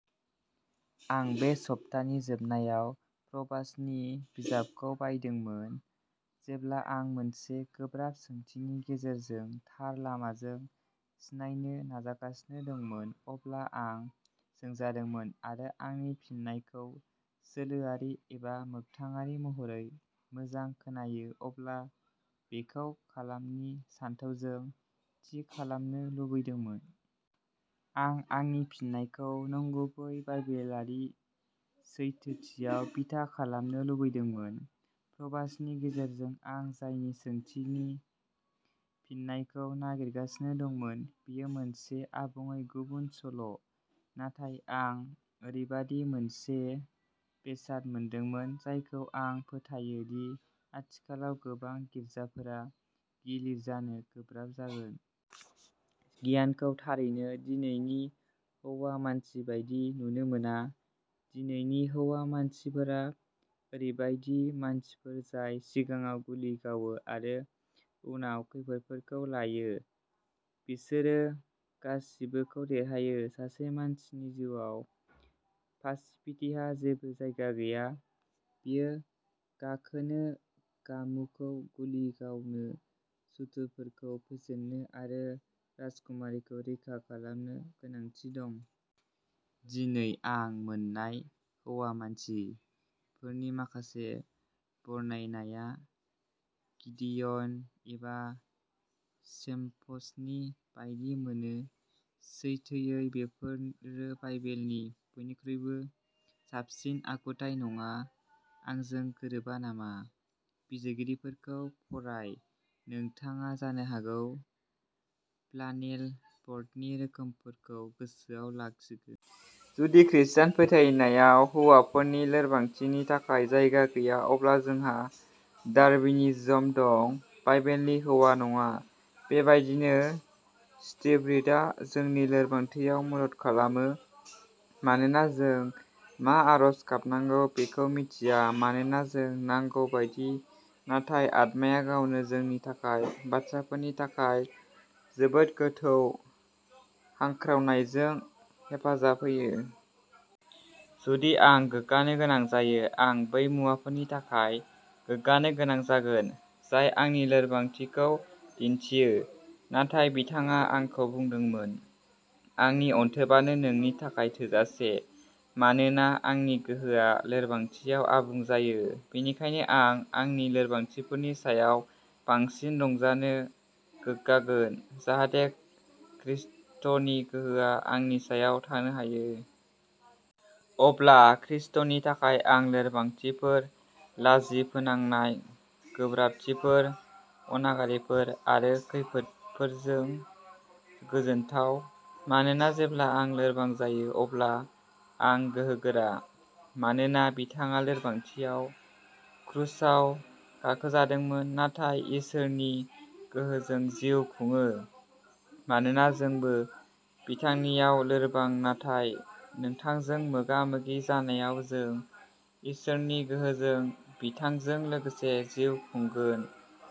आं बे सप्तानि जोबनायाव प्र'भार्ब्सनि बिजाबखौ फरायदोंमोन। जेब्ला आं मोनसे गोब्राब सोंथिनि गेजेरजों थार लामाजों सिनायनो नाजागासिनो दंमोन, अब्ला आं सोंजादोंमोन आरो आंनि फिननायखौ सोलोआरि एबा मोगथाङारि महरै "मोजां खोनायो, अब्ला बेखौ खालामनि" सानथौजों थि खालामनो लुबैदोंमोन। आं आंनि फिननायखौ नंगुबै, बाइबेलारि सैथोथियाव बिथा खालामनो लुबैदोंमोन। प्र'भार्ब्सनि गेजेरजों आं जाय सोंथिनि फिननायखौ नागिरगासिनो दंमोन, बेयो मोनसे आबुङै गुबुन सल'। नाथाय, आं ओरैबायदि मोनसे बेसाद मोनदोंमोन जायखौ आं फोथायो दि आथिखालाव गोबां गिर्जाफोरा गिलिर जानो गोब्राब जागोन। गियानखौ थारैनो दिनैनि "हौवा मानसि" बायदि नुनो मोना। दिनैनि "हौवा मानसि" फोरा ओरैबायदि मानसिफोर जाय सिगाङाव गुलि गावो आरो उनाव खैदिफोरखौ लायो। बिसोरो गासिबोखौ देरहायो। सासे मानसिनि जिउआव पासिभिटिहा जेबो जायगा गैया। बियो गाखोनो, गामुखौ गुलि गावनो, सुथुरफोरखौ फेजेननो आरो राजकुमारिखौ रैखा खालामनो गोनांथि दं। दिनै आं मोन्नाय "हौवा मानसि" फोरनि माखासे बरनायनाया गिडिय'न एबा सेम्पसन बायदि मोनो। सैथोयै, बेफोरो बाइबेलनि बयनिख्रुइबो साबसिन आखुथाइ नङा। आंजों गोरोबा नामा? बिजिरगिरिफोरखौ फराय, नोंथाङा जानो हागौ फ्लानेल बर्डनि रोखोमफोरखौ गोसोआव लाखिगोन। जुदि खृष्टान फोथायनायाव हौवाफोरनि लोरबांथिनि थाखाय जायगा गैया, अब्ला जोंहा डार्विनिज्म दं, बाइबेलनि हौवा नङा। "बेबायदिनो स्पिरिटआ जोंनि लोरबांथियाव मदद खालामो। मानोना जों मा आरज गाबनांगौ बेखौ मिथिया। मानोना जों नांगौ बायदि, नाथाय आत्माया गावनो जोंनि थाखाय बाथ्राफोरनि थाखाय जोबोद गोथौ हांख्रावनायजों हेफाजाब होयो "।" जुदि आं गोग्गानो गोनां जायो, आं बै मुवाफोरनि थाखाय गोग्गानो गोनां जागोन जाय आंनि लोरबांथिखौ दिन्थियो "। नाथाय बिथाङा आंखौ बुंदोंमोन," आंनि अनथोबानो नोंनि थाखाय थोजासे, मानोना आंनि गोहोआ लोरबांथियाव आबुं जायो। "बेनिखायनो आं आंनि लोरबांथिफोरनि सायाव बांसिन रंजानो गोग्गागोन, जाहाथे खृष्टनि गोहोआ आंनि सायाव थानो हायो। अब्ला खृष्टनि थाखाय, आं लोरबांथिफोर, लाजि फोनांनाय, गोब्राबथिफोर, अनागारिफोर आरो खैफोदफोरजों गोजोनथाव। मानोना जेब्ला आं लोरबां जायो, अब्ला आं गोहोगोरा।" "मानोना बिथाङा लोरबांथियाव क्रुसाव गाखोजादोंमोन, नाथाय इसोरनि गोहोजों जिउ खुङो। मानोना जोंबो बिथांनियाव लोरबां, नाथाय नोंथांजों मोगा मोगि जानायाव जों इसोरनि गोहोजों बिथांजों लोगोसे जिउ खुंगोन"।